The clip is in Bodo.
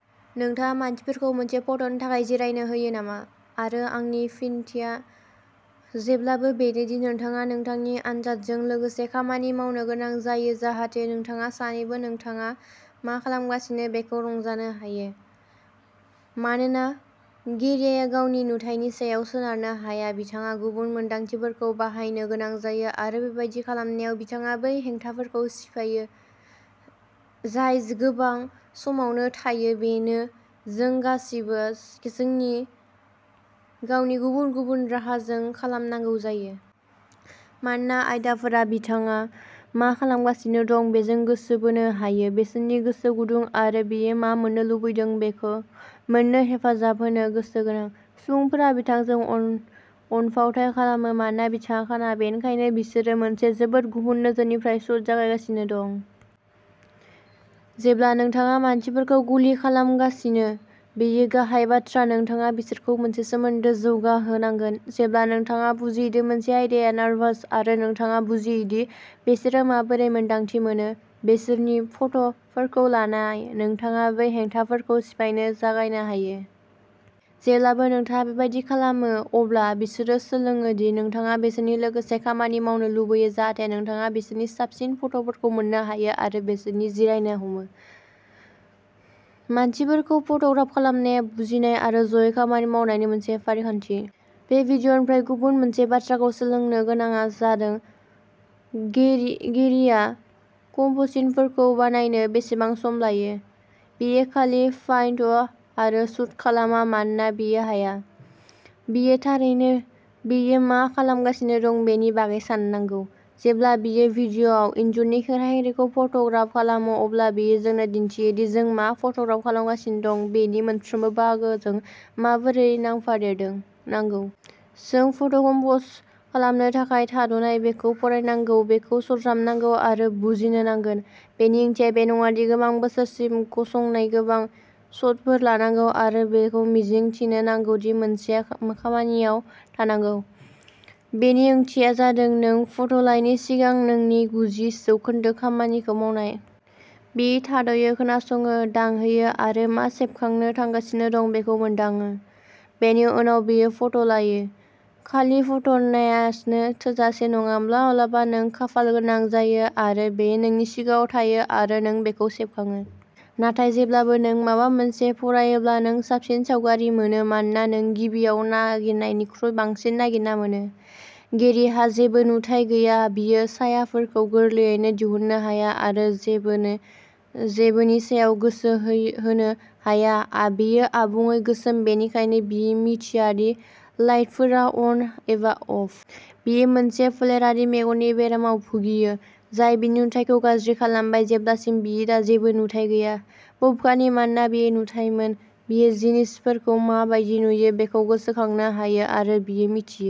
नोंथाङा मानसिफोरखौ मोनसे फट'नि थाखाय जिरायनो होयो नामा? आरो आंनि फिनथिया जेब्लाबो बेनो दि नोंथाङा नोंथांनि आनजादजों लोगोसे खामानि मावनो गोनां जायो जाहाथे नोंथाङा सानैबो नोंथाङा मा खालामगासिनो बेखौ रंजानो हायो। मानोना गेरीया गावनि नुथायनि सायाव सोनारनो हाया बिथाङा गुबुन मोनदांथिफोरखौ बाहायनो गोनां जायो आरो बेबादि खालामनायाव बिथाङा बै हेंथाफोरखौ सिफायो जाय गोबां समावनो थायो बेनो जों गासैबो जोंनि गावनि गुबुन गुबुन राहाजों खालामनांगौ जायो। मानोना आयदाफोरा बिथाङा मा खालामगासिनो दं बेजों गोसो बोनो हायो बिसोनि गोसो गुदुं आरो बियो मा मोन्नो लुबैदों बेखो मोन्नो हेफाजाब होनो गोसो गोनां। सुबुंफोरा बिथांजों अन-अनफावथाय खालामो मानोना बिथाङा खाना बेनिखायनो बिसोरो मोनसे जोबोद गुबुन नोजोरनिफ्राय शूटखौ जागायगासिनो दं। जेब्ला नोंथाङा मानसिफोरखौ गुलि खालामगासिनो बेयो गाहाय बाथ्रा नोंथाङा बिसोरखौ मोनसे सोमोन्दो जौगाहोनांगोन। जेब्ला नोंथाङा बुजियोदि नोंथांनि आयदाया नारभास आरो नोंथाङा बुजियोदि बिसोरो माबोरै मोन्दांथि मोनो। बिसोरनि फट'फोरखौ लानाय नोंथाङा बै हेंथाफोरखौ सिफायनो जागायनो हायो। जेब्लाबो नोंथाङा बेबादि खालामो अब्ला बिसोरो सोलोङोदि नोंथाङा बिसोरनि लोगोसे खामानि मावनो लुबैयो जाहाथे नोंथाङा बिसोरनि साबसिन फट'फोरखौ मोन्नो हायो आरो बिसोरनि जिरायनो हमो। मानसिफोरखौ फट'ग्राफ खालामनाया बुजिनाय आरो ज'यै खामानि मावनायनि मोनसे फारिखान्थि। बे भिडिय'निफ्राय गुबुन मोनसे बाथ्राखौ सोलोंनो गोनांआ जादों गेरि-गेरीआ कम्प'जिशनखौ बानायनो बेसेबां सम लायो। बियो खालि पाइन्ट आरो शुट खालामा मानोना बियो हाया। बियो थारैनो बियो मा खालामगासिनो दं बेनि बागै साननांगौ। जेब्ला बियो भिडिय'आव इनजुरनि खेंख्रा-खेंख्रिहाय फट'ग्राफ खालामो अब्ला बियो जोंनो दिन्थियोदि जों मा फट'ग्राफ खालामगासिनो दं बेनि मोनफ्रोमबो बाहागोजों माबोरै नांफादेरनांगौ। जों फट'कम्प'ज खालामनो थाखाय थाद'नानै बेखौ फरायनांगौ बेखौ सरजाबनांगौ आरो बुजिनो नांगोन। बेनि ओंथिया बे नङादि गोबां बोसोरसिम गसंना गोबां शटफोर लानांगौ आरो बेखौ मिजिं थिनो नांगौदि मोनसेआ खामानियाव थांनांगौ। बेनि ओंथिया जादों नों फट'लायनि सिगां नोंनि गुजि जौखोन्दो खामानिखौ मावनाय। बियो थाद'यो, खोनासङो, दांहोयो आरो मा सेबखांनो थांगासिनो दं बेखौ मोनदाङो। बेनि उनाव बियो फट'लायो। खालि फट'नायानो थोजासे नङा। माब्लाबा माब्लाबा नों खाफालगोनां जायो आरो बेयो नोंनि सिगाङाव थायो आरो नों बेखौ सेबखाङो। नाथाय जेब्लाबो नों माबा मोनसे फरायोब्ला नों साबसिन सावगारि मोनो मानोना नों गिबियाव नागिरनायनिख्रुइ बांसिन नागिरना मोनो। गेरीहा जेबो नुथाइ गैया बियो सायाफोरखौ गोरलैयैनो दिहुननो हाया आरो जेबोनो जेबोनि सायाव गोसो होनो हाया बेयो आबुङै गोसोम बेनिखायनो बियो मिन्थियादि लाइटफोरा अन एबा अफ। बियो मोनसे फोलेरारि मेगननि बेरामाव भुगियो जाय बिनि नुथायखौ गाज्रि खालामबाय जेब्लासिम बियो दा जेबो नुथाइ गैया। बबेखानि, मानोना बियो नुथाइमोन बियो जिनिसफोरखौ मा बायदि नुयो बेखौ गोसोखांनो हायो आरो बियो मिन्थियो।